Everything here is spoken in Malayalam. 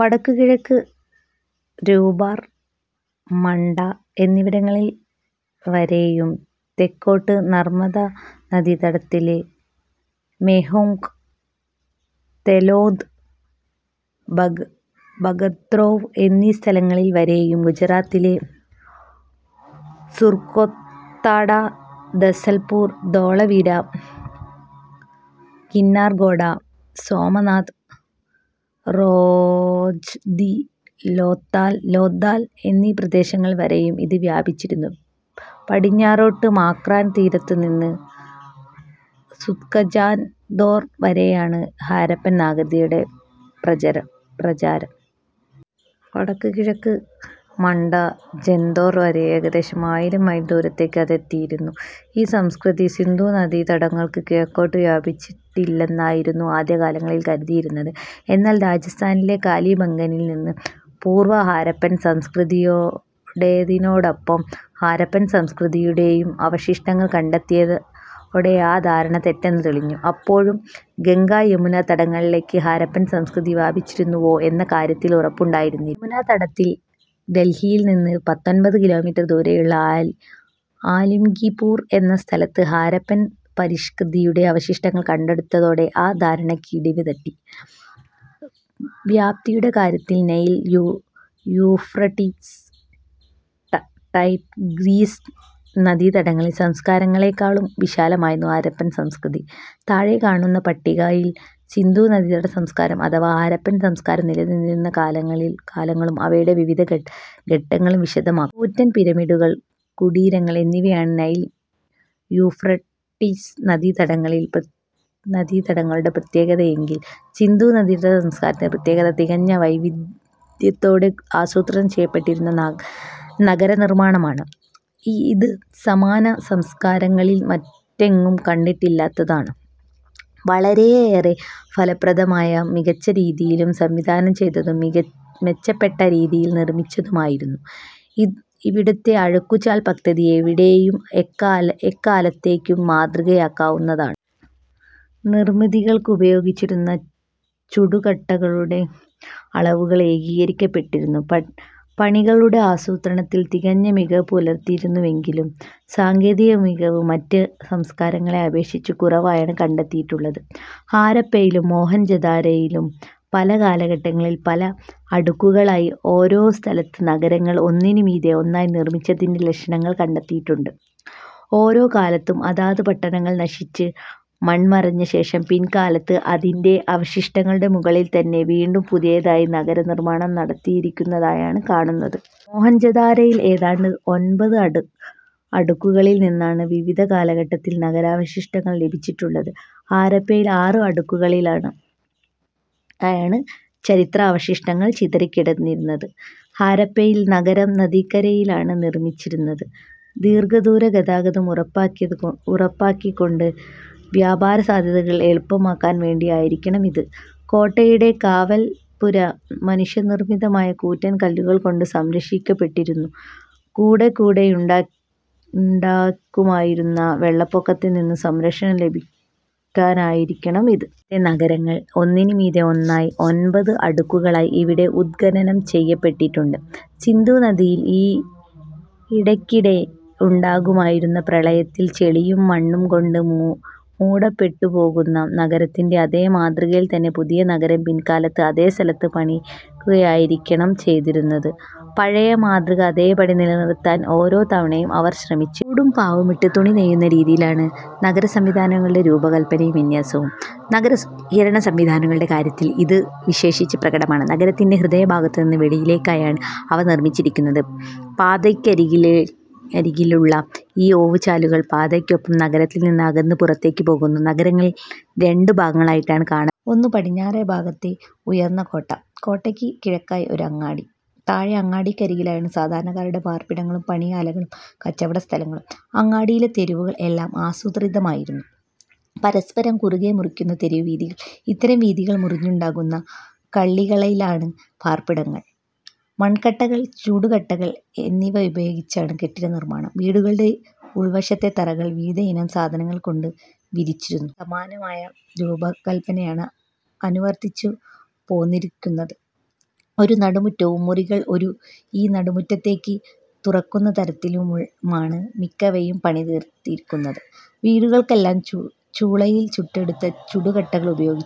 വടക്കുകിഴക്ക് രൂപാർ, മണ്ഡ എന്നിവിടങ്ങൾ വരെയും തെക്കോട്ട് നർമദ നദീതടത്തിലെ മേഹ്ഗം, തെലോദ്, ഭഗത്രാവ് എന്നീ സ്ഥലങ്ങൾ വരെയും ഗുജറാത്തിലെ സുർകോത്തഡ, ദസാൽപൂർ, ധോളവീര, കിന്നർഖേഡ, സോമനാഥ്, റോജ്ദി, ലോഥൽ എന്നീ പ്രദേശങ്ങൾ വരെയും ഇത് വ്യാപിച്ചിരുന്നു. പടിഞ്ഞാറോട്ട് മക്രാൻ തീരത്തുനിന്ന് സുത്കാജൻദോർ വരെയാണ് ഹാരപ്പൻ നാഗരികതയുടെ പ്രചാരം. വടക്കുകിഴക്ക് മണ്ഡ, ജൻദോർ വരെ ഏകദേശം ആയിരം മൈൽ ദൂരത്തേക്ക് അതെത്തിയിരുന്നു. ഈ സംസ്കൃതി സിന്ധു നദി തടങ്ങൾക്ക് കിഴക്കോട്ട് വ്യാപിച്ചിട്ടില്ലെന്നായിരുന്നു ആദ്യകാലങ്ങളിൽ കരുതിയിരുന്നത്. എന്നാൽ രാജസ്ഥാനിലെ കാലിബംഗനിൽ നിന്ന് പൂർവഹരപ്പൻ സംസ്കൃതിയുടേതിനോടൊപ്പം ഹാരപ്പൻ സംസ്കൃതിയുടെയും അവശിഷ്ടങ്ങൾ കണ്ടെത്തിയതോടെ ആ ധാരണ തെറ്റാണെന്ന് തെളിഞ്ഞു. അപ്പോഴും ഗംഗാ യമുനാ തടങ്ങളിലേയ്ക്ക് ഹാരപ്പൻ സംസ്കൃതി വ്യാപിച്ചിരുന്നുവോ എന്ന കാര്യത്തിൽ ഉറപ്പുണ്ടായിരുന്നില്ല. യമുനാതടത്തിൽ ഡൽഹിയിൽ നിന്ന് പത്തൊൻപത് കിലോമീറ്റർ ദൂരെയുള്ള അലംഗിപൂർ എന്ന സ്ഥലത്ത് ഹാരപ്പൻ പരിഷ്കൃതിയുടെ അവശിഷ്ടങ്ങൾ കണ്ടെടുത്തതോടെ ആ ധാരണക്കും ഇടിവ് തട്ടി. വ്യാപ്തിയുടെ കാര്യത്തിൽ നൈൽ, യൂഫ്രട്ടീസ്, ടൈഗ്രിസ് നദീതട സംസ്കാരങ്ങളെക്കാളും വിശാലമായിരുന്നു ഹാരപ്പൻ സംസ്കൃതി. താഴെക്കാണുന്ന പട്ടികയിൽ സിന്ധു നദീതട സംസ്കാരം അഥവാ ഹരപ്പൻ സംസ്കാരം നിലനിന്നിരുന്ന കാലങ്ങളും അവയുടെ വിവിധ ഘട്ടങ്ങളും വിശദമാക്കുന്നു. കൂറ്റൻ പിരമിഡുകൾ, കുടീരങ്ങൾ എന്നിവയാണ് നൈൽ, യൂഫ്രട്ടീസ് നദീതട സംസ്കാരങ്ങളുടെ പ്രത്യേകതയെങ്കിൽ സിന്ധു നദീതട സംസ്കാരത്തിൻ്റെ പ്രത്യേകത തികഞ്ഞ വൈദഗ്ധ്യത്തോടെ ആസൂത്രണം ചെയ്യപ്പെട്ടിരുന്ന നഗരനിർമ്മാണമാണ്. ഇത് സമാന സംസ്കാരങ്ങളിൽ മറ്റെങ്ങും കണ്ടിട്ടില്ലാത്തതാണ്. വളരെയേറെ ഫലപ്രദമായും മികച്ച രീതിയിലും സംവിധാനം ചെയ്തതും മെച്ചപ്പെട്ട രീതിയിൽ നിർമ്മിച്ചതുമായിരുന്നു. ഇവിടത്തെ അഴുക്കുചാൽ പദ്ധതി എവിടെയും എക്കാലത്തേക്കും മാതൃകയാക്കാവുന്നതാണ്. നിർമ്മിതികൾക്കുപയോഗിച്ചിരുന്ന ചുടുകട്ടകളുടെ അളവുകൾ ഏകീകരിക്കപ്പെട്ടിരുന്നു. പണികളുടെ ആസൂത്രണത്തിൽ തികഞ്ഞ മികവ് പുലർത്തിയിരുന്നെങ്കിലും സാങ്കേതിക മികവ് മറ്റു സംസ്കാരങ്ങളെ അപേക്ഷിച്ച് കുറവായാണ് കണ്ടെത്തിയിട്ടുള്ളത്. ഹാരപ്പയിലും മോഹൻജൊ ദാരോയിലും പല കാലഘട്ടങ്ങളിൽ പല അടുക്കുകളിലായി ഒരേ സ്ഥലത്ത് നഗരങ്ങൾ ഒന്നിനുമീതെ മറ്റൊന്നായി നിർമ്മിച്ചതിൻ്റെ ലക്ഷണങ്ങൾ കണ്ടെത്തിയിട്ടുണ്ട്. ഓരോ കാലത്തും അതത് പട്ടണങ്ങൾ നശിച്ച് മൺമറഞ്ഞശേഷം പിൽക്കാലത്ത് അതിൻ്റെ അവശിഷ്ടങ്ങളുടെ മുകളിൽ തന്നെ വീണ്ടും പുതയതായി നഗരനിർമ്മാണം നടത്തിയിരിക്കുന്നതായാണ് കാണുന്നത്. മൊഹൻജൊദാരോയിൽ ഏതാണ്ട് ഒൻപത് അടുക്കുകളിൽ നിന്നാണ് വിവിധ കാലത്തെ നഗരാവശിഷ്ടങ്ങൾ ലഭിച്ചിട്ടുള്ളത്. ഹരപ്പയിൽ ആറ് അടുക്കുകളിലായാണ് ചരിത്രാവശിഷ്ടങ്ങൾ ചിതറിക്കിടന്നിരുന്നത്. ഹാരപ്പയിൽ നഗരം നദിക്കരയിലായാണ് നിർമ്മിച്ചിരുന്നത്. ദീർഘദൂര ഗതാഗതം ഉറപ്പാക്കിക്കൊണ്ട് വ്യാപാരസാധ്യതകൾ എളുപ്പമാക്കാൻ വേണ്ടിയായിരിക്കണം ഇത്. കോട്ടയുടെ കാവൽപ്പുര മനുഷ്യനിർമ്മിതമായ കൂറ്റൻ കല്ലുകൾ കൊണ്ട് സംരക്ഷിക്കപ്പെട്ടിരിക്കുന്നു. കൂടെക്കൂടെയുണ്ടാകുമായിരുന്ന വെള്ളപ്പൊക്കത്തിൽ നിന്നും സംരക്ഷണം ലഭിക്കാനായിരിക്കണം ഇത്. പലകാലത്തെ നഗരങ്ങൾ ഒന്നിനുമീതെ ഒന്നായി ഒൻപത് അടുക്കുകളിലായി ഇവിടെ ഉത്ഖനനം ചെയ്യപ്പെട്ടിട്ടുണ്ട്. സിന്ധുനദിയിൽ ഇടക്കിടെ ഉണ്ടാകുമായിരുന്ന പ്രളയത്തിൽ ചെളിയും മണ്ണും കൊണ്ട് മൂടപ്പെട്ടുപോകുന്ന നഗരത്തിൻ്റെ അതേ മാതൃകയിൽ തന്നെ പുതിയ നഗരം പിൽക്കാലത്ത് അതേ സ്ഥലത്ത് പണിയുകയായിരിക്കണം ചെയ്തിരുന്നത്. പഴയ മാതൃക അതേപടി നിലനിർത്താൻ ഓരോ തവണയും അവർ ശ്രമിച്ചിരുന്നു. ഊടും പാവുമിട്ട് തുണി നെയ്യുന്ന രീതിയിലാണ് നഗരസംവിധാനങ്ങളുടെ രൂപകൽപ്പനയും വിന്യാസവും. നഗര ശുചീകരണ സംവിധാനങ്ങളുടെ കാര്യത്തിൽ ഇത് വിശേഷിച്ച് പ്രകടമാണ്. നഗരത്തിൻ്റെ ഹൃദയഭാഗത്തുനിന്നും വെളിയിലേക്കായാണ് അവ നിർമ്മിച്ചിരിക്കുന്നത്. പാതക്കരികിലുള്ള ഈ ഓവുചാലുകൾ പാതകൾക്കൊപ്പം നഗരത്തിൽ നിന്ന് അകന്ന് പുറത്തേക്ക് പോകുന്നു. നഗരങ്ങൾ രണ്ടു ഭാഗങ്ങളായിട്ടാണ് കാണപ്പെട്ടത്. ഒന്ന്, പടിഞ്ഞാറുഭാഗത്തെ ഉയർന്ന കോട്ട. കോട്ടയ്ക്ക് കിഴക്കായി ഒരു അങ്ങാടി. താഴെ അങ്ങാടിക്കരികിലാണ് സാധാരണക്കാരുടെ പാർപ്പിടങ്ങളും പണിയാലകളും കച്ചവടസ്ഥലങ്ങളും. അങ്ങാടിയിലെ തെരുവുകൾ എല്ലാം ആസൂത്രിതമായിരുന്നു. പരസ്പരം കുറുകെ മുറിക്കുന്ന തെരുവീഥികൾ, ഇത്തരം വീഥികൾ മുറിഞ്ഞുണ്ടാകുന്ന കള്ളികളിലാണ് പാർപ്പിടങ്ങൾ. മൺകട്ടകൾ, ചുടുകട്ടകൾ എന്നിവ ഉപയോഗിച്ചാണ് കെട്ടിടനിർമ്മാണം. വീടുകളുടെ ഉൾവശത്തെ തറകൾ വിവിധയിനം സാധനങ്ങൾ കൊണ്ട് വിരിച്ചിരുന്നു. വീടുകൾക്കെല്ലാം സമാനമായ രൂപകൽപനയാണ് അനുവർത്തിച്ചുപോന്നിരിക്കുന്നത്. ഒരു നടുമുറ്റവും, മുറികൾ ഈ നടുമുറ്റത്തേക്ക് തുറക്കുന്ന തരത്തിലുമാണ് മിക്കവയും പണിതിരിക്കുന്നത്. വീടുകൾക്കെല്ലാം ചൂളയിൽ ചുട്ടെടുത്ത ചുടുകട്ടകൾ ഉപയോഗിച്ചിരിക്കുന്നു..